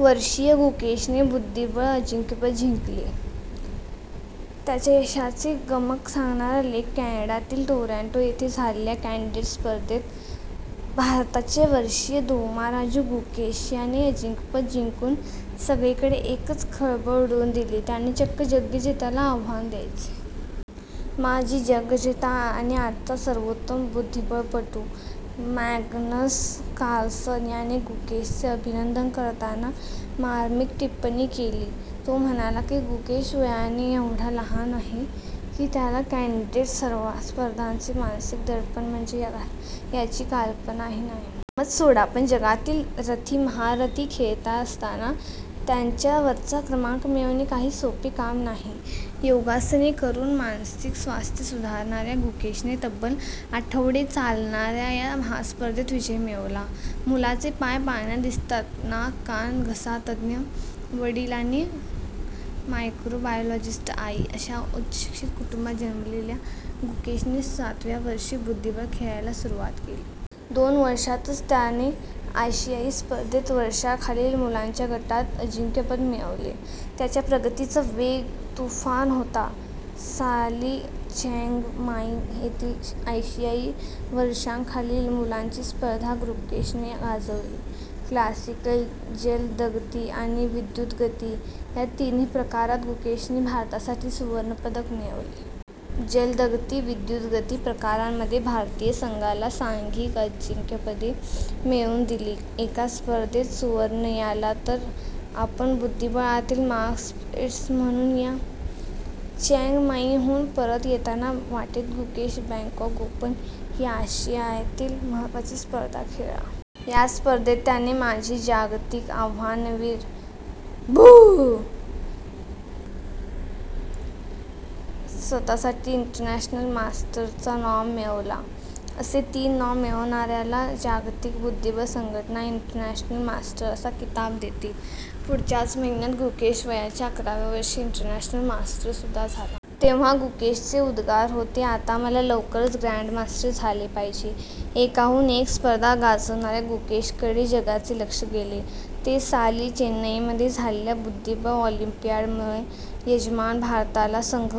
वर्षीय गुकेशने बुद्धिबळ अजिंक्यपद जिंकले. त्याच्या यशाचे गमक सांगणारा लेख- कॅनडातील टोरॅन्टो येथे झालेल्या 'कॅन्डिडेट्स' स्पर्धेत भारताच्या वर्षीय दोमाराजू गुकेश याने अजिंक्यपद जिंकून सगळीकडे एकच खळबळ उडवून दिली. त्याने चक्क जगज्जेत्याला आव्हान द्यायचे? माजी जगज्जेता आणि आजचा सर्वोत्तम बुद्धिबळपटू मॅग्नस कार्लसन याने गुकेशचे अभिनंदन करताना मार्मिक टिपणी केली. तो म्हणाला की, गुकेश वयाने एवढा लहान आहे की, त्याला 'कॅन्डिडेट्स' स्पर्धांचे मानसिक दडपण म्हणजे काय याची कल्पनाही नव्हती. गंमत सोडा, पण जगातील रथीमहारथी खेळात असताना त्यांच्या वरचा क्रमांक मिळवणे काही सोपे काम नाही. योगासने करून मानसिक स्वास्थ्य सुधारणाऱ्या गुकेशने तब्बल आठवडे चालणाऱ्या या महास्पर्धेत विजय मिळवला. मुलाचे पाय पाळण्यात दिसतात- नाक-कान-घसातज्ज्ञ वडील आणि मायक्रोबायोलॉजिस्ट आई अशा उच्चशिक्षित कुटुंबात जन्मलेल्या गुकेशने सातव्या वर्षी बुद्धिबळ खेळायला सुरुवात केली. दोन वर्षांतच त्याने आशियाई स्पर्धेत वर्षांखालील मुलांच्या गटात अजिंक्यपद मिळवले. त्याच्या प्रगतीचा वेग तुफान होता. साली चँग माई येथील आशियाई वर्षांखालील मुलांची स्पर्धा गुकेशने गाजवली. 'क्लासिकल', 'जलदगती' आणि 'विद्युत् गती' या तिन्ही प्रकारांत गुकेशने भारतासाठी सुवर्णपदक मिळवले. 'जलदगती' आणि 'विद्युत् गती' प्रकारांमध्ये भारतीय संघाला सांघिक अजिंक्यपदे मिळवून दिली. एका स्पर्धेत सुवर्ण! याला तर आपण बुद्धिबळातील मार्क स्पिट्झ म्हणू या! चँग माईहून परत येताना वाटेत गुकेश 'बँकॉक ओपन' ही आशियातील महत्त्वाची स्पर्धा खेळला. या स्पर्धेत त्याने माजी जागतिक आव्हानवीर नायजेल शॉर्ट याचा पराभव करताना स्वतःसाठी 'इंटरनॅशनल मास्टर'चा नॉर्म मिळवला. असे तीन नॉर्म मिळवणाऱ्याला जागतिक बुद्धिबळ संघटना 'इंटरनॅशनल मास्टर' असा किताब देते. पुढच्याच महिन्यात गुकेश वयाच्या अकराव्या वर्षी इंटरनॅशनल मास्टर झालासुद्धा! तेव्हा गुकेशचे उद्गार होते- आता मला लवकरच 'ग्रँडमास्टर' झाले पाहिजे. एकाहून एक स्पर्धा गाजवणाऱ्या गुकेशकडे जगाचे लक्ष गेले, ते साली चेन्नईमध्ये झालेल्या बुद्धिबळ ऑलिम्पियाडमुळे! यजमान भारताला संघ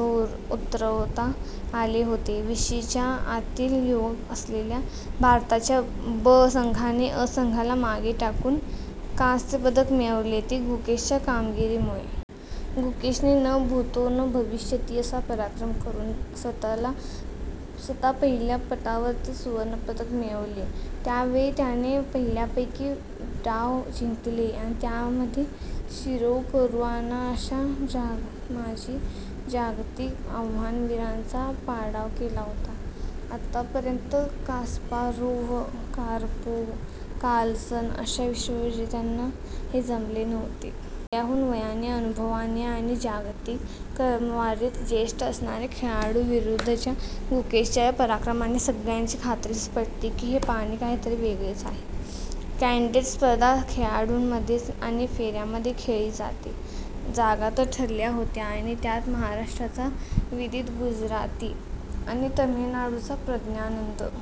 उतरवता आले होते. विशीच्या आतील युवक असलेल्या भारताच्या 'ब' संघाने 'अ' संघाला मागे टाकून कांस्यपदक मिळवले, ते गुकेशच्या कामगिरीमुळे. गुकेशने 'न भूतो न भविष्यति' असा पराक्रम करून स्वतः पहिल्या पटावरचे सुवर्णपदक मिळवले. त्या वेळी त्याने पहिल्या पैकी डाव जिंकले आणि त्यामध्ये शिरोव, करूआना अशा माजी जागतिक आव्हानवीरांचा पाडाव केला होता. आतापर्यंत कास्पारोव्ह, कार्पोव, कार्लसन अशा विश्वविजेत्यांनासुद्धा हे जमले नव्हते. आपल्याहून वयाने, अनुभवाने आणि जागतिक क्रमवारीत ज्येष्ठ असणाऱ्या खेळाडूंविरुद्धच्या गुकेशच्या या पराक्रमाने सगळ्यांची खात्रीच पटली की, हे पाणी काहीतरी वेगळेच आहे! कॅन्डिडेट स्पर्धा खेळाडूंमध्ये आणि फेऱ्यांमध्ये खेळली जाते. जागा तर ठरल्या होत्या आणि त्यात महाराष्ट्राचा विदित गुजराथी आणि तामिळनाडूचा प्रज्ञानंद